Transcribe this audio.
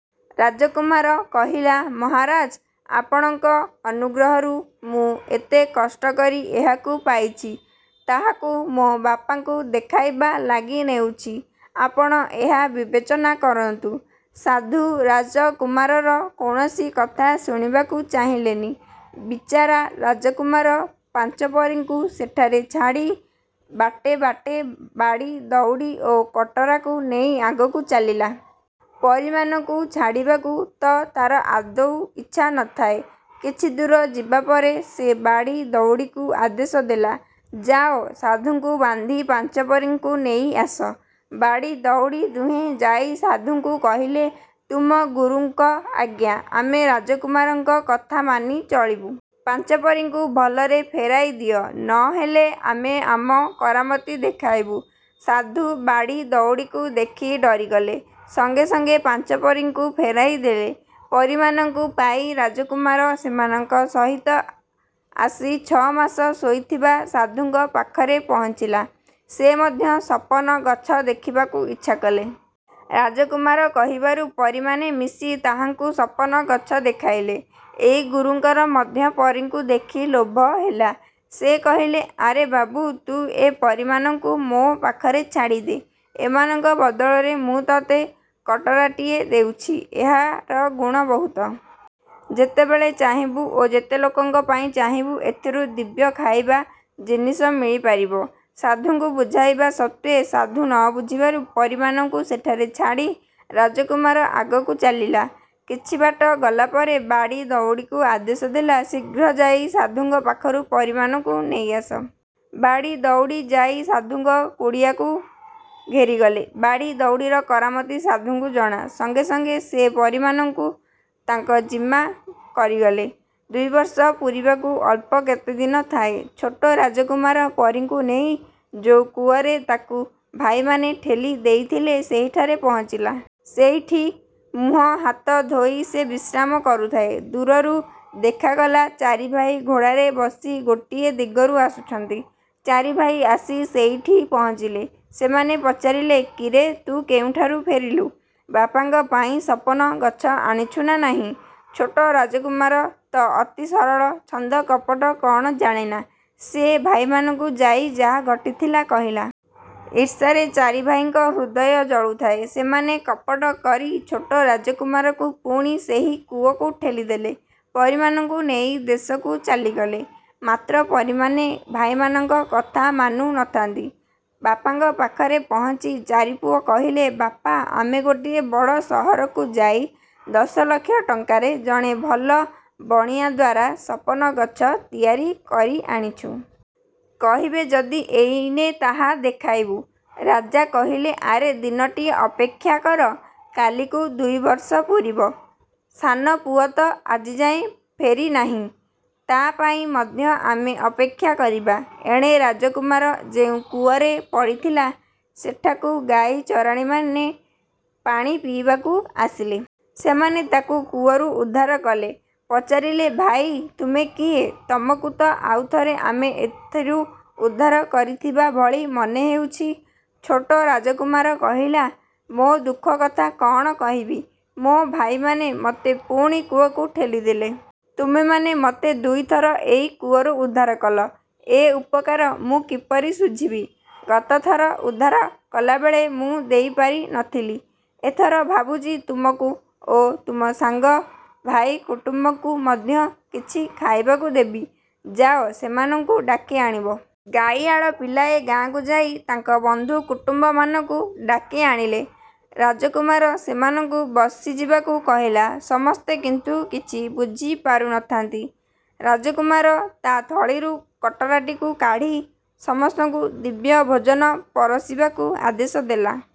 '' ରାଜକୁମାର କହିଲା- ''ମହାରାଜ, ଆପଣଙ୍କ ଅନୁଗ୍ରହରୁ ମୁଁ ଏତେ କଷ୍ଟକରି ଏହାକୁ ପାଇଛି। ତାହାକୁ ମୋ ବାପାଙ୍କୁ ଦେଖାଇବା ଲାଗି ନେଉଛି। ଆପଣ ଏହା ବିବେଚନା କରନ୍ତୁ। '' ସାଧୁ ରାଜକୁମାରର କୌଣସି କଥା ଶୁଣିବାକୁ ଚାହିଁଲେନି। ବିଚାରା ରାଜକୁମାର ପାଞ୍ଚପରୀଙ୍କୁ ସେଠାରେ ଛାଡ଼ି ବାଟେ ବାଟେ ବାଡ଼ି ଦଉଡ଼ି ଓ କଟରାକୁ ନେଇ ଆଗକୁ ଚାଲିଲା। ପରୀମାନଙ୍କୁ ଛାଡ଼ିବାକୁ ତ ତା'ର ଆଦୌ ଇଚ୍ଛା ନଥାଏ। କିଛିଦୂର ଯିବା ପରେ ସେ ବାଡ଼ି ଦଉଡ଼ିକୁ ଆଦେଶ ଦେଲା-''ଯାଅ, ସାଧୁଙ୍କୁ ବାନ୍ଧି ପାଞ୍ଚପରୀଙ୍କୁ ନେଇ ଆସ। '' ବାଡ଼ି ଦଉଡ଼ି ଦୁହେଁ ଯାଇ ସାଧୁଙ୍କୁ କହିଲେ- ''ତୁମ ଗୁରୁଙ୍କ ଆଜ୍ଞା, ଆମେ ରାଜକୁମାରଙ୍କ କଥା ମାନି ଚଳିବୁ! ପାଞ୍ଚପରୀଙ୍କୁ ଭଲରେ ଫେରାଇ ଦିଅ। ନହେଲେ ଆମେ ଆମ କରାମତି ଦେଖାଇବୁ। '' ସାଧୁ ବାଡ଼ି ଦଉଡ଼ିକୁ ଦେଖି ଡରିଗଲେ। ସଙ୍ଗେ ସଙ୍ଗେ ପାଞ୍ଚ ପରୀଙ୍କୁ ଫେରାଇ ଦେଲେ। ପରୀମାନଙ୍କୁ ପାଇ ରାଜକୁମାର ସେମାନଙ୍କ ସହିତ ଆସି ଛ'ମାସ ଶୋଇଥିବା ସାଧୁଙ୍କ ପାଖରେ ପହଞ୍ଚିଲା। ସେ ମଧ୍ୟ ସପନ ଗଛ ଦେଖିବାକୁ ଇଚ୍ଛାକଲେ। ରାଜକୁମାର କହିବାରୁ ପରୀମାନେ ମିଶି ତାହାଙ୍କୁ ସପନ ଗଛ ଦେଖାଇଲେ। ଏଇ ଗୁରୁଙ୍କର ମଧ୍ୟ ପରୀଙ୍କୁ ଦେଖି ଲୋଭ ହେଲା। ସେ କହିଲେ- ''ଆରେ ବାବୁ, ତୁ ଏ ପରୀମାନଙ୍କୁ ମୋ ପାଖରେ ଛାଡ଼ି ଦେ'। ଏମାନଙ୍କ ବଦଳରେ ମୁଁ ତୋତେ କଟରାଟିଏ ଦେଉଛି। ଏହାର ଗୁଣ ଅଦ୍ଭୁତ। ଯେତେବେଳେ ଚାହିଁବୁ ଓ ଯେତେଲୋକଙ୍କ ପାଇଁ ଚାହିଁବୁ ଏଥିରୁ ଦିବ୍ୟ ଖାଇବା ଜିନିଷ ମିଳିପାରିବ। '' ସାଧୁଙ୍କୁ ବୁଝାଇବା ସତ୍ତ୍ୱେ ସାଧୁ ନ ବୁଝିବାରୁ ପରୀମାନଙ୍କୁ ସେଠାରେ ଛାଡ଼ି ରାଜକୁମାର ଆଗକୁ ଚାଲିଲା। କିଛି ବାଟ ଗଲାପରେ ବାଡ଼ି ଦଉଡ଼ିକୁ ଆଦେଶ ଦେଲା-''ଶିଘ୍ର ଯାଇ ସାଧୁଙ୍କ ପାଖରୁ ପରୀମାନଙ୍କୁ ନେଇ ଆସ। '' ବାଡ଼ି ଦଉଡ଼ି ଯାଇ ସାଧୁଙ୍କ କୁଡ଼ିଆକୁ ଘେରିଗଲେ। ବାଡ଼ି ଦଉଡ଼ିର କରାମତି ସାଧୁଙ୍କୁ ଜଣା। ସଙ୍ଗେ ସଙ୍ଗେ ସେ ପରୀମାନଙ୍କୁ ତାଙ୍କ ଜିମା କରିଗଲେ। ଦୁଇବର୍ଷ ପୂରିବାକୁ ଅଳ୍ପ କେତେଦିନ ଥାଏ। ଛୋଟ ରାଜକୁମାର ପରୀଙ୍କୁ ନେଇ ଯୋଉ କୂଅରେ ତାକୁ ଭାଇମାନେ ଠେଲି ଦେଇଥିଲେ ସେହିଠାରେ ପହଞ୍ଚିଲା। ସେଇଠି ମୁହଁ ହାତ ଧୋଇ ସେ ବିଶ୍ରାମ କରୁଥାଏ। ଦୂରରୁ ଦେଖାଗଲା, ଚାରିଭାଇ ଘୋଡ଼ାରେ ବସି ଗୋଟିଏ ଦିଗରୁ ଆସୁଛନ୍ତି। ଚାରିଭାଇ ଆସି ସେଇଠି ପହଞ୍ଚିଲେ। ସେମାନେ ପଚାରିଲେ- ''କିରେ, ତୁ କେଉଁଠାରୁ ଫେରିଲୁ! ବାପାଙ୍କ ପାଇଁ ସପନ ଗଛ ଆଣିଛୁ ନା ନାହିଁ? '' ଛୋଟ ରାଜକୁମାର ତ ଅତି ସରଳ; ଛନ୍ଦ କପଟ କ'ଣ ଜାଣେନା ସେ ଭାଇମାନଙ୍କୁ ଯାଇ ଯାହା ଘଟିଥିଲା କହିଲା। ଈର୍ଷାରେ ଚାରିଭାଇଙ୍କ ହୃଦୟ ଜଳୁଥାଏ। ସେମାନେ କପଟ କରି ଛୋଟ ରାଜକୁମାରକୁ ପୁଣି ସେହି କୂଅକୁ ଠେଲିଦେଲେ। ପରୀମାନଙ୍କୁ ନେଇ ଦେଶକୁ ଚାଲିଗଲେ। ମାତ୍ର ପରୀମାନେ ଭାଇମାନଙ୍କ କଥା ମାନୁ ନଥାନ୍ତି। ବାପାଙ୍କ ପାଖରେ ପହଞ୍ଚି ଚାରିପୁଅ କହିଲେ- ''ବାପା ଆମେ ଗୋଟିଏ ବଡ଼ ସହରକୁ ଯାଇ ଦଶ ଲକ୍ଷ ଟଙ୍କାରେ ଜଣେ ଭଲ ବଣିଆଦ୍ୱାରା ସପନ ଗଛ ତିଆରି କରି ଆଣିଛୁ। କହିବେ ଯଦି ଏଇନେ ତାହା ଦେଖାଇବୁ। '' ରାଜା କହିଲେ- ''ଆରେ ଦିନଟିଏ ଅପେକ୍ଷା କର। କାଲିକୁ ଦୁଇବର୍ଷ ପୂରିବ। ସାନ ପୁଅତ ଆଜିଯାଏ ଫେରିନାହିଁ। ତା' ପାଇଁ ମଧ୍ୟ ଆମେ ଅପେକ୍ଷା କରିବା। '' ଏଣେ ରାଜକୁମାର ଯେଉଁ କୂଅରେ ପଡ଼ିଥିଲା, ସେଠାକୁ ଗାଈ ଚରାଳୀମାନେ ପାଣି ପିଇବାକୁ ଆସିଲେ। ସେମାନେ ତାକୁ କୂଅରୁ ଉଦ୍ଧାର କଲେ। ପଚାରିଲେ- ''ଭାଇ, ତୁମେ କିଏ? ତମକୁ ତ ଆଉଥରେ ଆମେ ଏଥିରୁ ଉଦ୍ଧାର କରିଥିବା ଭଳି ମନେହେଉଛି। '' ଛୋଟ ରାଜକୁମାର କହିଲା- ''ମୋ ଦୁଃଖ କଥା କ'ଣ କହିବି? ମୋ ଭାଇମାନେ ମୋତେ ପୁଣି କୂଅକୁ ଠେଲିଦେଲେ। ତୁମେମାନେ ମୋତେ ଦୁଇଥର ଏଇ କୂଅରୁ ଉଦ୍ଧାର କଲ। ଏ ଉପକାର ମୁଁ କିପରି ଶୁଝିବି? ଗତଥର ଉଦ୍ଧାର କଲାବେଳେ ମୁଁ ଦେଇପାରି। ନଥିଲି। ଏଥର ଭାବୁଛି, ତୁମକୁ ଓ ତୁମ ସାଙ୍ଗ ଭାଇ କୁଟୁମ୍ବଙ୍କୁ ମଧ୍ୟ କିଛି ଖାଇବାକୁ ଦେବି। ଯାଅ, ସେମାନଙ୍କୁ ଡାକି ଆଣିବ। '' ଗାଈଆଳ ପିଲାଏ ଗାଁକୁଯାଇ ତାଙ୍କ ବନ୍ଧୁ କୁଟୁମ୍ବମାନଙ୍କୁ ଡାକି ଆଣିଲେ। ରାଜକୁମାର ସେମାନଙ୍କୁ ବସିଯିବାକୁ କହିଲା। ସମସ୍ତେ କିନ୍ତୁ କିଛି ବୁଝିପାରୁ ନଥାନ୍ତି। ରାଜକୁମାର ତା' ଥଳିରୁ କଟରାଟିକୁ କାଢ଼ି ସମସ୍ତଙ୍କୁ ଦିବ୍ୟ ଭୋଜନ ପରଷିବାକୁ ଆଦେଶ ଦେଲା।